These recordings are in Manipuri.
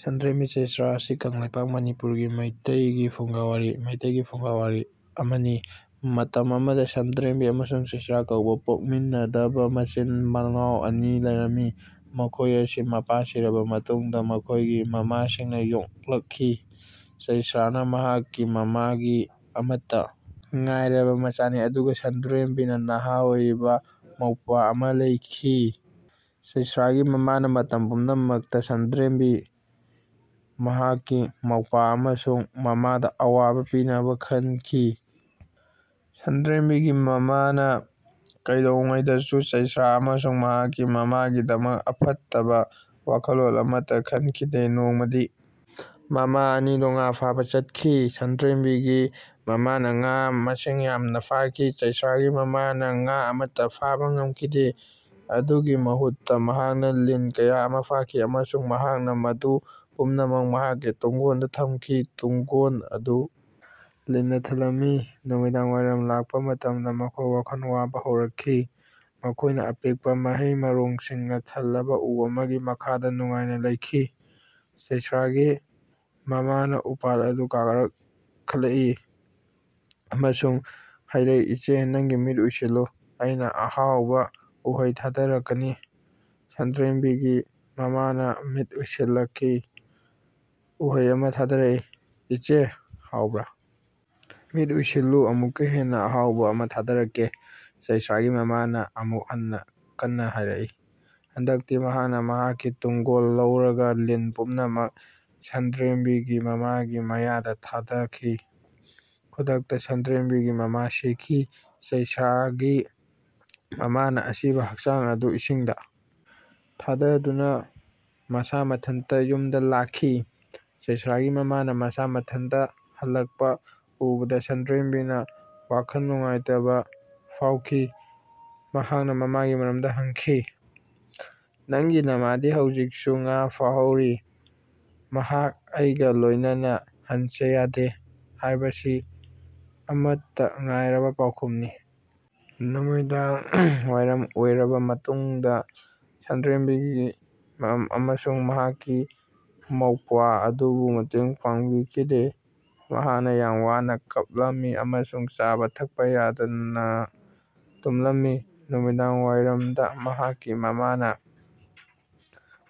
ꯁꯟꯗ꯭ꯔꯦꯝꯕꯤ ꯆꯩꯁ꯭ꯔꯥ ꯑꯁꯤ ꯀꯪꯂꯩꯄꯥꯛ (ꯃꯅꯤꯄꯨꯔ) ꯒꯤ ꯃꯤꯇꯩꯒꯤ ꯐꯨꯡꯒꯥꯋꯥꯔꯤ (ꯃꯩꯇꯩꯒꯤ ꯐꯨꯡꯒꯥꯋꯥꯔꯤ) ꯑꯃꯅꯤ꯫ ꯃꯇꯝ ꯑꯃꯗꯥ ꯁꯟꯗ꯭ꯔꯦꯝꯕꯤ ꯑꯃꯁꯨꯡ ꯆꯩꯁꯔꯥ ꯀꯧꯕꯥ ꯄꯣꯛꯃꯤꯟꯅꯗꯕ ꯃꯆꯤꯟ ꯃꯅꯥꯎ ꯑꯅꯤ ꯂꯩꯔꯝꯃꯤ꯫ ꯃꯈꯣꯏꯒꯤ ꯃꯄꯥ ꯁꯤꯔꯕ ꯃꯇꯨꯡꯗ ꯃꯈꯣꯏꯒꯤ ꯃꯃꯥꯁꯤꯡꯅ ꯌꯣꯛꯂꯛꯈꯤ꯫ ꯆꯩꯁ꯭ꯔꯥꯅ ꯃꯍꯥꯛꯀꯤ ꯃꯃꯥꯒꯤ ꯑꯃꯠꯇ ꯉꯥꯏꯔꯕ ꯃꯆꯥꯅꯤ ꯑꯗꯨꯒ ꯁꯟꯗ꯭ꯔꯦꯝꯕꯤꯒꯤ ꯅꯍꯥ ꯑꯣꯏꯔꯤꯕ ꯃꯧꯄ꯭ꯋꯥ ꯑꯃꯥ ꯂꯩꯈꯤ꯫ ꯆꯩꯁ꯭ꯔꯥꯒꯤ ꯃꯃꯥꯅ ꯃꯇꯝ ꯄꯨꯝꯅꯃꯛꯇ ꯁꯥꯟꯗ꯭ꯔꯦꯝꯕꯤ, ꯃꯍꯥꯛꯀꯤ ꯃꯧꯄ꯭ꯋꯥ ꯑꯃꯁꯨꯡ ꯃꯃꯥꯗ ꯑꯋꯥꯕ ꯄꯤꯅꯕ ꯈꯟꯈꯤ꯫ ꯁꯟꯗ꯭ꯔꯦꯝꯕꯤꯒꯤ ꯃꯃꯥꯅ ꯀꯩꯗꯧꯉꯩꯗꯁꯨ ꯆꯩꯁ꯭ꯔꯥ ꯑꯃꯁꯨꯡ ꯃꯍꯥꯛꯀꯤ ꯃꯃꯥꯒꯤꯗꯃꯛ ꯑꯐꯠꯇꯕ ꯋꯥꯈꯜꯂꯣꯟ ꯑꯃꯠꯇ ꯈꯟꯈꯤꯗꯦ꯫ ꯅꯣꯡꯃꯗꯤ ꯃꯃꯥ ꯑꯅꯤꯗꯨ ꯉꯥ ꯐꯥꯕꯥ ꯆꯠꯈꯤ꯫ ꯁꯟꯗ꯭ꯔꯦꯝꯕꯤꯒꯤ ꯃꯃꯥꯅ ꯉꯥ ꯃꯁꯤꯡ ꯌꯥꯝꯅ ꯐꯥꯈꯤ꯫ ꯆꯩꯁ꯭ꯔꯥꯒꯤ ꯃꯃꯥꯅ ꯉꯥ ꯑꯃꯠꯇꯥ ꯐꯥꯕ ꯉꯝꯈꯤꯗꯦ꯫ ꯑꯗꯨꯒꯤ ꯃꯍꯨꯠꯇ ꯃꯍꯥꯛꯅ ꯂꯤꯟ ꯀꯌꯥ ꯑꯃ ꯐꯥꯈꯤ ꯑꯃꯁꯨꯡ ꯃꯍꯥꯛꯅ ꯃꯗꯨ ꯄꯨꯝꯅꯃꯛ ꯃꯍꯥꯛꯀꯤ ꯇꯨꯡꯒꯣꯟꯗ ꯊꯝꯈꯤ꯫ ꯇꯨꯡꯒꯣꯟ ꯑꯗꯨ ꯂꯤꯟꯅ ꯊꯜꯂꯝꯃꯤ꯫ ꯅꯨꯃꯤꯗꯥꯡꯋꯥꯏꯔꯝ ꯂꯥꯛꯄ ꯃꯇꯝꯗ ꯃꯈꯣꯏ ꯋꯥꯈꯜ ꯋꯥꯕ ꯍꯧꯔꯛꯈꯤ꯫ ꯃꯈꯣꯏꯅ ꯑꯄꯤꯛꯄꯥ ꯃꯍꯩ ꯃꯔꯣꯡꯁꯤꯡꯅ ꯊꯜꯂꯕ ꯎ ꯑꯃꯒꯤ ꯃꯈꯥꯗ ꯅꯨꯡꯉꯥꯏꯅ ꯂꯩꯈꯤ꯫ ꯆꯩꯁ꯭ꯔꯥꯒꯤ ꯃꯃꯥꯅ ꯎꯄꯥꯜ ꯑꯗꯨꯗ ꯀꯥꯈꯠꯂꯛꯏ ꯑꯃꯁꯨꯡ ꯍꯥꯏꯔꯛꯏ, "ꯏꯆꯦ, ꯅꯪꯒꯤ ꯃꯤꯠ ꯎꯏꯁꯤꯜꯂꯨ, ꯑꯩꯅꯥ ꯑꯍꯥꯎꯕ ꯎꯍꯩ ꯊꯥꯗꯔꯛꯀꯅꯤ꯫ ꯁꯟꯗ꯭ꯔꯦꯝꯕꯤꯒꯤ ꯃꯃꯥꯅ ꯃꯤꯠ ꯎꯏꯁꯤꯜꯂꯛꯏ꯫ ꯎꯍꯩ ꯑꯃ ꯊꯥꯗꯔꯛꯈꯤ꯫ "ꯏꯆꯦ, ꯍꯥꯎꯕ꯭ꯔꯥ? ꯃꯤꯠ ꯎꯏꯁꯤꯜꯂꯨ ꯑꯃꯨꯛꯀ ꯍꯦꯟꯅ ꯑꯍꯥꯎꯕ ꯑꯃ ꯊꯥꯗꯔꯛꯀꯦ" ꯆꯩꯁꯔꯥꯒꯤ ꯃꯃꯥꯅ ꯑꯃꯨꯛ ꯍꯟꯅ ꯀꯟꯅ ꯍꯥꯏꯔꯛꯏ꯫ ꯍꯟꯗꯛꯇꯤ ꯃꯍꯥꯛꯅ ꯃꯍꯥꯛꯀꯤ ꯇꯨꯡꯒꯣꯟ ꯂꯧꯔꯒ ꯂꯤꯟ ꯄꯨꯝꯅꯃꯛ ꯁꯥꯟꯗ꯭ꯔꯦꯝꯕꯤꯒꯤ ꯃꯃꯥꯒꯤ ꯃꯌꯥꯗ ꯊꯥꯗꯈꯤ꯫ ꯈꯨꯗꯛꯇ ꯁꯥꯟꯗ꯭ꯔꯦꯝꯕꯤꯒꯤ ꯃꯃꯥ ꯁꯤꯈꯤ꯫ ꯆꯩꯁ꯭ꯔꯥꯒꯤ ꯃꯃꯥꯅ ꯑꯁꯤꯕ ꯍꯛꯆꯥꯡ ꯑꯗꯨ ꯏꯁꯤꯡꯗ ꯊꯥꯗꯗꯨꯅ ꯃꯁꯥ ꯃꯊꯟꯇ ꯌꯨꯝꯗ ꯂꯥꯛꯈꯤ꯫ ꯆꯩꯁ꯭ꯔꯥꯒꯤ ꯃꯃꯥꯅ ꯃꯁꯥ ꯃꯊꯟꯇ ꯍꯜꯂꯛꯄ ꯎꯕꯗ ꯁꯟꯗ꯭ꯔꯦꯝꯕꯤꯅ ꯋꯥꯈꯜ ꯅꯨꯡꯉꯥꯏꯇꯕ ꯐꯥꯎꯈꯤ꯫ ꯃꯍꯥꯛꯅ ꯃꯃꯥꯒꯤ ꯃꯔꯝꯗ ꯍꯪꯈꯤ꯫ "ꯅꯪꯒꯤ ꯅꯃꯥꯗꯤ ꯍꯧꯖꯤꯛꯁꯨ ꯉꯥ ꯐꯥꯍꯧꯔꯤ꯫ ꯃꯍꯥꯛ ꯑꯩꯒꯥ ꯂꯣꯏꯅꯅ ꯍꯟꯁꯦ ꯌꯥꯗꯦ" ꯍꯥꯏꯕꯁꯤ ꯑꯃꯠꯇ ꯉꯥꯏꯔꯕ ꯄꯥꯎꯈꯨꯝꯅꯤ꯫ ꯅꯨꯃꯤꯗꯥꯡꯋꯥꯏꯔꯝ ꯑꯣꯏꯔꯕ ꯃꯇꯨꯡꯗ ꯁꯟꯗ꯭ꯔꯦꯝꯕꯤ ꯑꯃꯁꯨꯡ ꯃꯍꯥꯛꯀꯤ ꯃꯧꯄ꯭ꯋꯥ ꯑꯗꯨꯕꯨ ꯃꯇꯦꯡ ꯄꯥꯥꯡꯕꯤꯈꯤꯗꯦ꯫ ꯃꯍꯥꯛ ꯌꯥꯝꯅ ꯋꯥꯅ ꯀꯞꯂꯝꯃꯤ ꯑꯃꯁꯨꯡ ꯆꯥꯕ ꯊꯛꯄ ꯌꯥꯗꯅ ꯇꯨꯝꯂꯝꯃꯤ꯫ ꯅꯨꯃꯤꯗꯥꯡꯋꯥꯏꯔꯝꯗ ꯃꯍꯥꯛꯀꯤ ꯃꯃꯥꯅ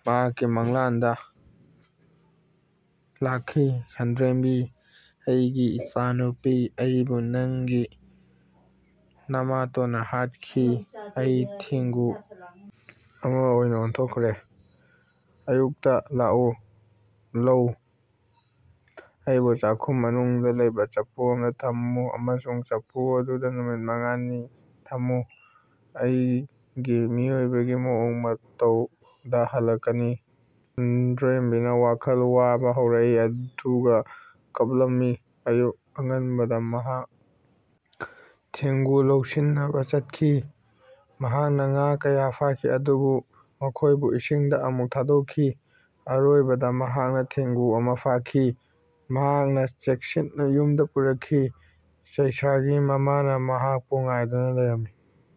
ꯃꯍꯥꯛꯀꯤ ꯃꯪꯂꯥꯟꯗꯥ ꯂꯥꯛꯈꯤ꯫"ꯁꯟꯗ꯭ꯔꯦꯝꯕꯤ, ꯑꯩꯒꯤ ꯏꯆꯥꯅꯨꯄꯤ, ꯑꯩꯕꯨ ꯅꯪꯒꯤ ꯅꯃꯥꯇꯣꯟꯅ ꯍꯥꯠꯈꯤ꯫ ꯑꯩ ꯊꯦꯡꯒꯨ ꯑꯃ ꯑꯣꯏꯅ ꯑꯣꯟꯊꯣꯛꯈ꯭ꯔꯦ꯫ ꯑꯌꯨꯛꯇꯥ ꯂꯥꯛꯎ ꯂꯧ꯫ ꯑꯩꯕꯨ ꯆꯥꯛꯈꯨꯝ ꯃꯅꯨꯡꯗ ꯂꯩꯕꯥ ꯆꯐꯨ ꯑꯃꯗ ꯊꯝꯃꯨ꯫ ꯑꯃꯁꯨꯡ ꯃꯐꯝ ꯑꯗꯨꯗ ꯅꯨꯃꯤꯠ ꯃꯉꯥꯅꯤ ꯊꯝꯃꯨ꯫ ꯑꯩꯒꯤ ꯃꯤꯑꯣꯏꯕꯒꯤ ꯃꯑꯣꯡ ꯃꯇꯧꯗꯥ ꯍꯜꯂꯛꯀꯅꯤ꯫" ꯁꯟꯗ꯭ꯔꯦꯝꯕꯤꯅ ꯋꯥꯈꯜ ꯋꯥꯕ ꯍꯧꯔꯛꯏ ꯑꯗꯨꯒ ꯀꯞꯂꯝꯃꯤ꯫ ꯑꯌꯨꯛ ꯑꯉꯟꯕꯗ ꯃꯍꯥꯛ ꯊꯦꯡꯒꯨ ꯂꯧꯁꯤꯟꯅꯕ ꯆꯠꯈꯤ꯫ ꯃꯍꯥꯛꯅ ꯉꯥ ꯀꯌꯥ ꯐꯥꯈꯤ ꯑꯗꯨꯕꯨ ꯃꯈꯣꯏꯕꯨ ꯏꯁꯤꯡꯗ ꯑꯃꯨꯛ ꯊꯥꯗꯣꯛꯈꯤ꯫ ꯑꯔꯣꯏꯕꯗ ꯃꯍꯥꯛꯅ ꯊꯦꯡꯒꯨ ꯑꯗꯨ ꯐꯥꯈꯤ꯫ ꯃꯍꯥꯛꯅꯥ ꯆꯦꯛꯁꯤꯟꯅ ꯌꯨꯝꯗ ꯄꯨꯔꯛꯈꯤ꯫ ꯆꯩꯁꯔꯒꯤ ꯃꯃꯥꯅꯥ ꯃꯍꯥꯛꯄꯨ ꯉꯥꯏꯗꯨꯅ ꯂꯩꯔꯝꯃꯤ꯫